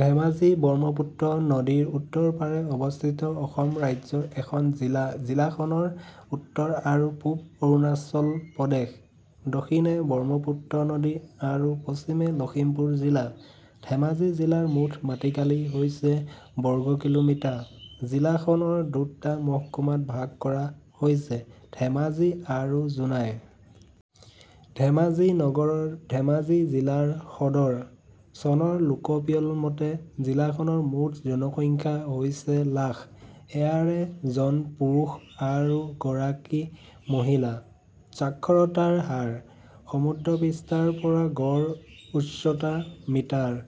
ধেমাজি ব্ৰহ্মপুত্ৰ নদী ৰ উত্তৰ পাৰে অৱস্থিত অসম ৰাজ্যৰ এখন জিলা। জিলাখনৰ উত্তৰে আৰু পূবে অৰুণাচল প্ৰদেশ, দক্ষিণে ব্ৰহ্মপুত্ৰ নদী আৰু পশ্চিমে লখিমপুৰ জিলা। ধেমাজি জিলাৰ মুঠ মাটিকালি হৈছে বৰ্গ কিঃমিঃ। জিলাখন দুটা মহকুমাত ভাগ কৰা হৈছে: ধেমাজি আৰু জোনাই। ধেমাজি নগৰ ধেমাজি জিলাৰ সদৰ। চনৰ লোকপিয়ল মতে, জিলাখনৰ মুঠ জনসংখ্যা হৈছে লাখ। ইয়াৰে জন পুৰুষ আৰু গৰাকী মহিলা। সাক্ষৰতাৰ হাৰ। সমুদ্ৰপৃষ্ঠৰ পৰা গড় উচ্চতা মিটাৰ।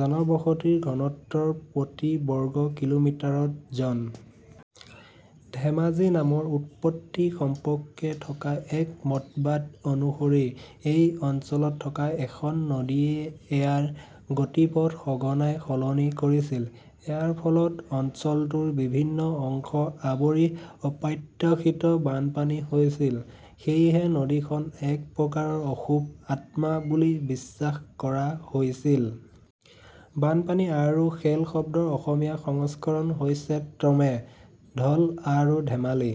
জনবসতিৰ ঘনত্ব প্ৰতি বৰ্গ কিলো মিটাৰত জন। ধেমাজি নামৰ উৎপত্তি সম্পৰ্কে থকা এক মতবাদ অনুসৰি, এই অঞ্চলত থকা এখন নদীয়ে ইয়াৰ গতিপথ সঘনাই সলনি কৰিছিল। ইয়াৰ ফলত অঞ্চলটোৰ বিভিন্ন অংশ আৱৰি অপ্ৰত্যাশিত বানপানী হৈছিল। সেয়েহে নদীখন এক প্ৰকাৰৰ অশুভ আত্মা বুলি বিশ্বাস কৰা হৈছিল। বানপানী আৰু খেল শব্দৰ অসমীয়া সংস্কৰণ হৈছে ক্ৰমে "ধল" আৰু "ধেমালি"।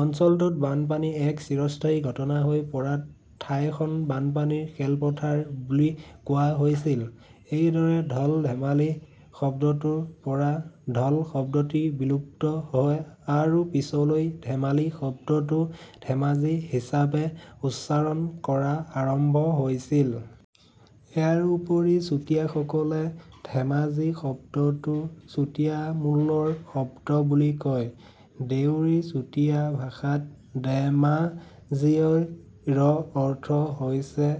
অঞ্চলটোত বানপানী এক চিৰস্থায়ী ঘটনা হৈ পৰাত ঠাইখন বানপানীৰ খেলপথাৰ বুলি কোৱা হৈছিল। এইদৰে "ধল-ধেমালি" শব্দটোৰ পৰা ধল শব্দটি বিলুপ্ত হয় আৰু পিছলৈ "ধেমালি" শব্দটো "ধেমাজি" হিচাপে উচ্চাৰণ কৰা আৰম্ভ হৈছিল। ইয়াৰোপৰি চুতীয়া সকলে "ধেমাজি" শব্দটো চুতীয়ামূলৰ শব্দ বুলি কয়। দেউৰী-চুতীয়া ভাষাত "দেমা-জি"ৰ অৰ্থ হৈছে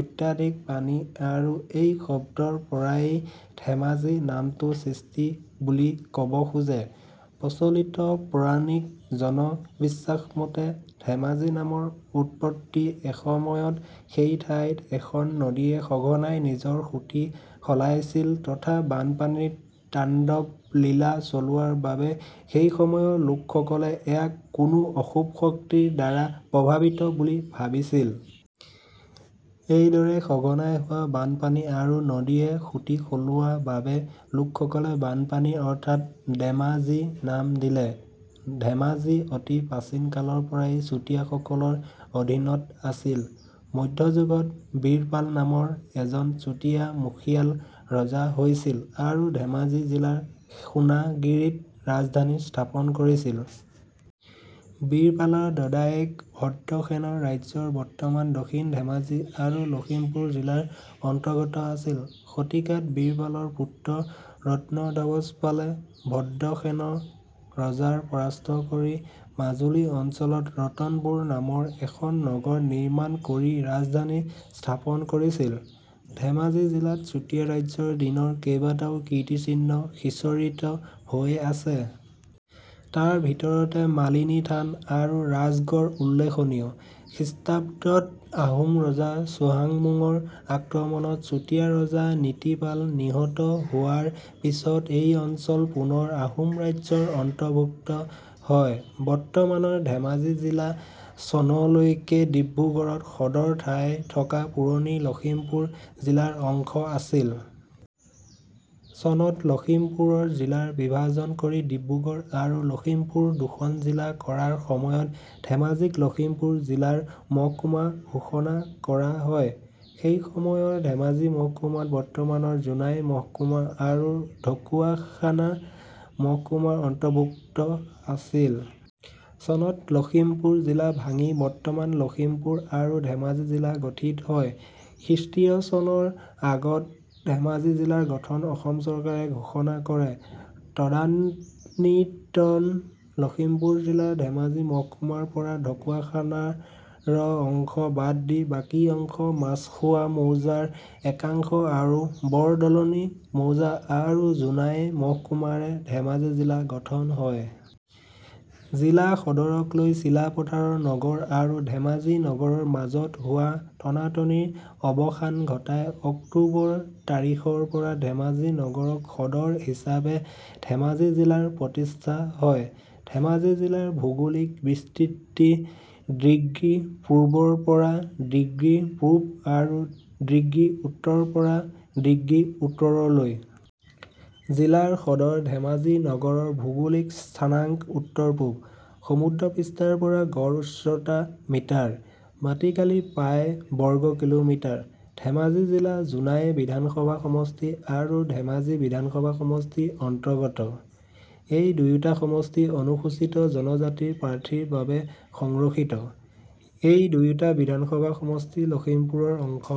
"অত্যধিক পানী" আৰু এই শব্দৰ পৰাই "ধেমাজি" নামটো সৃষ্টি হৈছিল বুলি ক'ব খোজে। প্ৰচলিত পৌৰাণিক জনবিশ্বাস মতে, "ধেমাজি" নামৰ উৎপত্তি এসময়ত সেই ঠাইত এখন নদীয়ে সঘনাই নিজৰ সূঁতি সলাইছিল তথা বানপানীৰ তাণ্ডৱলীলা চলোৱা বাবে, সেইসময়ৰ লোকসকলে ইয়াক কোনো অশুভ শক্তিৰ দ্বাৰা প্ৰভাৱিত বুলি ভাবিছিল। এইদৰে সঘনাই হোৱা বানপানী আৰু নদীয়ে সূঁতি সলোৱা বাবে লোকসকলে বানপানী অৰ্থাৎ "দেমা-জি" নাম দিলে। ধেমাজি অতি প্ৰাচীন কালৰ পৰাই চুতীয়া সকলৰ অধীনত আছিল। মধ্যযুগত বীৰপাল নামৰ এজন চুতীয়া মুখিয়াল ৰজা হৈছিল আৰু ধেমাজি জিলাৰ সোনাগিৰিত ৰাজধানী স্থাপন কৰিছিল। বীৰপালৰ দদায়েক ভদ্ৰশেনৰ ৰাজ্য বৰ্তমানৰ দক্ষিণ ধেমাজি আৰু লখিমপুৰ জিলাৰ অন্তৰ্গত আছিল। শতিকাত বীৰপালৰ পুত্ৰ ৰত্নধ্বজপালে ভদ্ৰেশেন ৰজাক পৰাস্ত কৰি মাজুলী অঞ্চলত ৰতনপুৰ নামৰ এখন নগৰ নিৰ্মাণ কৰি ৰাজধানী স্থাপন কৰিছিল। ধেমাজি জিলাত চুতীয়া ৰাজ্যৰ দিনৰ কেইবাটাও কীৰ্তিচিহ্ন সিঁচৰিত হৈ আছে। তাৰ ভিতৰতে মালিনী থান আৰু ৰাজগড় উল্লেখনীয়। খ্ৰীষ্টাব্দত আহোম ৰজা চুহুংমুঙৰ আক্ৰমণত চুতীয়া ৰজা নীতিপাল নিহত হোৱাৰ পিছত এই অঞ্চল পুনৰ আহোম ৰাজ্যৰ অন্তৰ্ভুক্ত হয়। বৰ্তমানৰ ধেমাজি জিলা চনলৈকে ডিব্ৰুগড়ত সদৰ ঠাই থকা পুৰণি লক্ষীমপুৰ জিলাৰ অংশ আছিল। চনত পুৰণি লক্ষীমপুৰ জিলাৰ বিভাজন কৰি ডিব্ৰুগড় আৰু লক্ষীমপুৰ দুখন জিলা কৰাৰ সময়ত ধেমাজিক লক্ষীমপুৰ জিলা ৰ মহকুমা ঘোষণা কৰা হয়। সেই সময়ৰ ধেমাজি মহকুমাত বৰ্তমানৰ জোনাই মহকুমা আৰু ঢকুৱাখনা মহকুমা অন্তৰ্ভুক্ত আছিল। চনত লক্ষীমপুৰ জিলা ভাঙি বৰ্তমানৰ লখিমপুৰ আৰু ধেমাজি জিলা গঠিত হয়। খ্ৰীষ্টীয় চনৰ আগষ্টত ধেমাজি জিলাৰ গঠন অসম চৰকাৰে ঘোষণা কৰে। তদানীন্তন লখিমপুৰ জিলাৰ ধেমাজি মহকুমাৰ পৰা ঢকুৱাখনা ৰ অংশ বাদ দি বাকী অংশ, মাছখোৱা মৌজাৰ একাংশ আৰু বৰদলনি মৌজা আৰু জোনাই মহকুমাৰে ধেমাজি জিলা গঠন হয়। জিলা সদৰক লৈ চিলাপথাৰ নগৰ আৰু ধেমাজি নগৰৰ মাজত হোৱা টনাটনিৰ অৱসান ঘটাই অক্টোবৰ তাৰিখৰপৰা ধেমাজি নগৰক সদৰ হিচাপে ধেমাজি জিলাৰ প্ৰতিষ্ঠা হয়। ধেমাজি জিলাৰ ভৌগোলিক বিস্তৃতি ''' ডিগ্ৰী পূৱৰ পৰা ''' ডিগ্ৰী পূৱ আৰু ''' ডিগ্ৰী উত্তৰৰ পৰা ''' ডিগ্ৰী উত্তৰলৈ। জিলা সদৰ ধেমাজি নগৰৰ ভৌগোলিক স্থানাংক উত্তৰ পূৱ। সমুদ্ৰপৃষ্ঠৰ পৰা গড় উচ্চতা মিটাৰ। মাটিকালি প্ৰায় বৰ্গ কিঃমিঃ।। ধেমাজি জিলা জোনাই বিধানসভা সমষ্টি আৰু ধেমাজি বিধানসভা সমষ্টিৰ অন্তৰ্গত। এই দুয়োটা সমষ্টি অনুসূচীত জনজাতিৰ প্ৰাৰ্থীৰ বাবে সংৰক্ষিত। এই দুয়োটা বিধানসভা সমষ্টি লক্ষিমপুৰ ৰ অংশ।